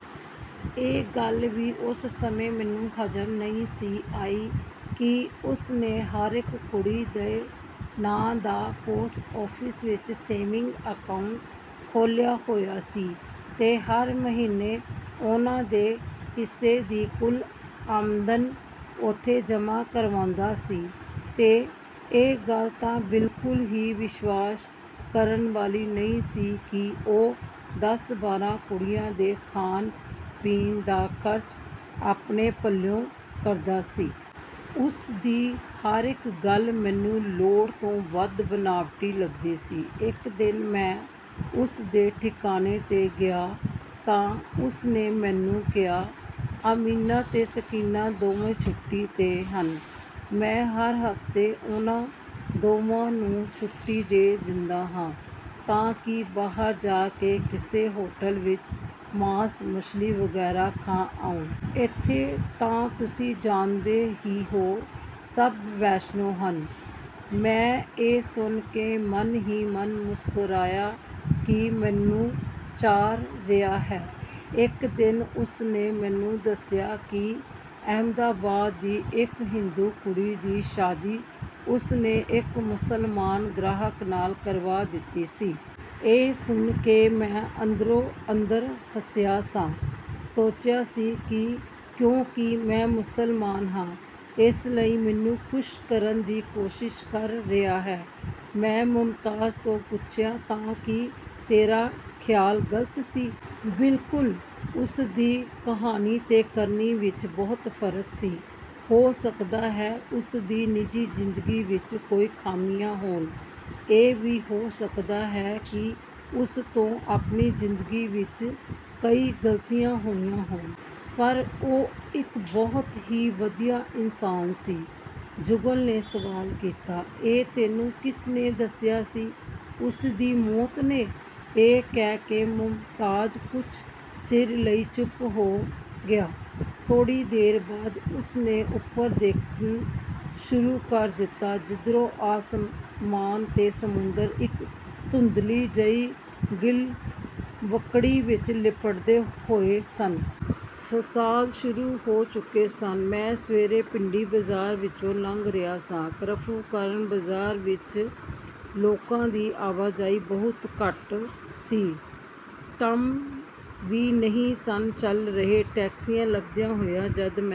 ਇਹ ਗੱਲ ਵੀ ਉਸ ਸਮੇਂ ਮੈਨੂੰ ਹਜ਼ਮ ਨਹੀਂ ਸੀ ਆਈ ਕਿ ਉਸ ਨੇ ਹਰੇਕ ਕੁੜੀ ਦੇ ਨਾਂ ਦਾ ਪੋਸਟ ਆਫਿਸ ਵਿੱਚ ਸੇਵਿੰਗ ਅਕਾਊਂਟ ਖੋਲ੍ਹਿਆ ਹੋਇਆ ਸੀ ਤੇ ਹਰ ਮਹੀਨੇ ਉਹਨਾਂ ਦੇ ਹਿੱਸੇ ਦੀ ਕੁੱਲ ਆਮਦਨ ਉੱਥੇ ਜਮ੍ਹਾਂ ਕਰਵਾਂਦਾ ਸੀ ਤੇ ਇਹ ਗੱਲ ਤਾਂ ਬਿਲਕੁਲ ਹੀ ਵਿਸ਼ਵਾਸ ਕਰਨ ਵਾਲੀ ਨਹੀਂ ਸੀ ਕਿ ਉਹ ਦਸ ਬਾਰਾਂ ਕੁੜੀਆਂ ਦੇ ਖਾਣ-ਪੀਣ ਦਾ ਖਰਚ ਆਪਣੇ ਪੱਲਿਓਂ ਕਰਦਾ ਸੀ। ਉਸ ਦੀ ਹਰੇਕ ਗੱਲ ਮੈਨੂੰ ਲੋੜ ਤੋਂ ਵੱਧ ਬਣਾਵਟੀ ਲੱਗੀ ਸੀ। ਇਕ ਦਿਨ ਮੈਂ ਉਸ ਦੇ ਠਿਕਾਣੇ 'ਤੇ ਗਿਆ ਤਾਂ ਉਸ ਨੇ ਮੈਨੂੰ ਕਿਹਾ, ਅਮੀਨਾ ਤੇ ਸਕੀਨਾ ਦੋਵੇਂ ਛੁੱਟੀ 'ਤੇ ਹਨ। ਮੈਂ ਹਰ ਹਫ਼ਤੇ ਉਹਨਾਂ ਦੋਵਾਂ ਨੂੰ ਛੁੱਟੀ ਦੇ ਦਿੰਦਾ ਹਾਂ ਤਾਂ ਕਿ ਬਾਹਰ ਜਾ ਕੇ ਕਿਸੇ ਹੋਟਲ ਵਿੱਚ ਮਾਸ ਮੱਛੀ ਵਗੈਰਾ ਖਾ ਆਉਣ। ਇੱਥੇ ਤਾਂ ਤੁਸੀਂ ਜਾਣਦੇ ਹੀ ਹੋ, ਸਭ ਵੈਸ਼ਨੂੰ ਹਨ। ਮੈਂ ਇਹ ਸੁਣ ਕੇ ਮਨ ਹੀ ਮਨ ਮੁਸਕਰਾਇਆ ਕਿ ਮੈਨੂੰ ਚਾਰ ਰਿਹਾ ਹੈ। ਇਕ ਦਿਨ ਉਸ ਨੇ ਮੈਨੂੰ ਦੱਸਿਆ ਕਿ ਅਹਿਮਦਾਬਾਦ ਦੀ ਇਕ ਹਿੰਦੂ ਕੁੜੀ ਦੀ ਸ਼ਾਦੀ ਉਸ ਨੇ ਇਕ ਮੁਸਲਮਾਨ ਗ੍ਰਾਹਕ ਨਾਲ ਕਰਵਾ ਦਿੱਤੀ ਸੀ। ਇਹ ਸੁਣ ਕੇ ਮੈਂ ਅੰਦਰੋ ਅੰਦਰ ਹੱਸਿਆ ਸਾਂ। ਸੋਚਿਆ ਸੀ ਕਿ ਕਿਉਂਕਿ ਮੈਂ ਮੁਸਲਮਾਨ ਹਾਂ, ਇਸ ਲਈ ਮੈਨੂੰ ਖੁਸ਼ ਕਰਨ ਦੀ ਕੋਸ਼ਿਸ਼ ਕਰ ਰਿਹਾ ਹੈ। ਮੈਂ ਮੁਮਤਾਜ਼ ਤੋਂ ਪੁੱਛਿਆ, ਤਾਂ ਕੀ ਤੇਰਾ ਖ਼ਿਆਲ ਗ਼ਲਤ ਸੀ? ਬਿਲਕੁਲ, ਉਸ ਦੀ ਕਹਿਣੀ ਤੇ ਕਰਨੀ ਵਿੱਚ ਕੋਈ ਫਰਕ ਨਹੀਂ ਸੀ। ਹੋ ਸਕਦਾ ਹੈ ਉਸ ਦੀ ਨਿੱਜੀ ਜ਼ਿੰਦਗੀ ਵਿੱਚ ਕਈ ਖ਼ਾਮੀਆਂ ਹੋਣ। ਇਹ ਵੀ ਹੋ ਸਕਦਾ ਹੈ ਕਿ ਉਸ ਤੋਂ ਆਪਣੀ ਜ਼ਿੰਦਗੀ ਵਿੱਚ ਕਈ ਗ਼ਲਤੀਆਂ ਹੋਈਆਂ ਹੋਣ। ਪਰ ਉਹ ਇਕ ਬਹੁਤ ਹੀ ਵਧੀਆ ਇਨਸਾਨ ਸੀ। ਜੁਗਲ ਨੇ ਸਵਾਲ ਕੀਤਾ, ਇਹ ਤੈਨੂੰ ਕਿਸ ਨੇ ਦੱਸਿਆ ਸੀ? ਉਸ ਦੀ ਮੌਤ ਨੇ, ਇਹ ਕਹਿ ਕੇ ਮੁਮਤਾਜ਼ ਕੁਝ ਚਿਰ ਲਈ ਚੁੱਪ ਹੋ ਗਿਆ। ਥੋੜ੍ਹੀ ਦੇਰ ਬਾਅਦ ਉਸ ਨੇ ਉਧਰ ਦੇਖਣਾ ਸ਼ੁਰੂ ਕਰ ਦਿੱਤਾ ਜਿੱਧਰ ਆਸਮਾਨ ਤੇ ਸਮੁੰਦਰ ਇਕ ਧੁੰਦਲੀ ਜਿਹੀ ਗਲਵੱਕੜੀ ਵਿੱਚ ਲਿਪਟੇ ਹੋਏ ਸਨ। ਫਸਾਦ ਸ਼ੁਰੂ ਹੋ ਚੁੱਕੇ ਸਨ। ਮੈਂ ਸਵੇਰੇ ਭਿੰਡੀ ਬਾਜ਼ਾਰ ਵਿੱਚੋਂ ਲੰਘ ਰਿਹਾ ਸਾਂ। ਕਰਫ਼ਿਊ ਕਾਰਨ ਬਾਜ਼ਾਰ ਵਿੱਚ ਲੋਕਾਂ ਦੀ ਆਵਾਜਾਈ ਬਹੁਤ ਘੱਟ ਸੀ। ਟ੍ਰਾਮਾਂ ਵੀ ਨਹੀਂ ਸਨ ਚੱਲ ਰਹੀਆਂ। ਟੈਕਸੀ ਲੱਭਦਾ ਹੋਇਆ ਜਦੋਂ ਮੈਂ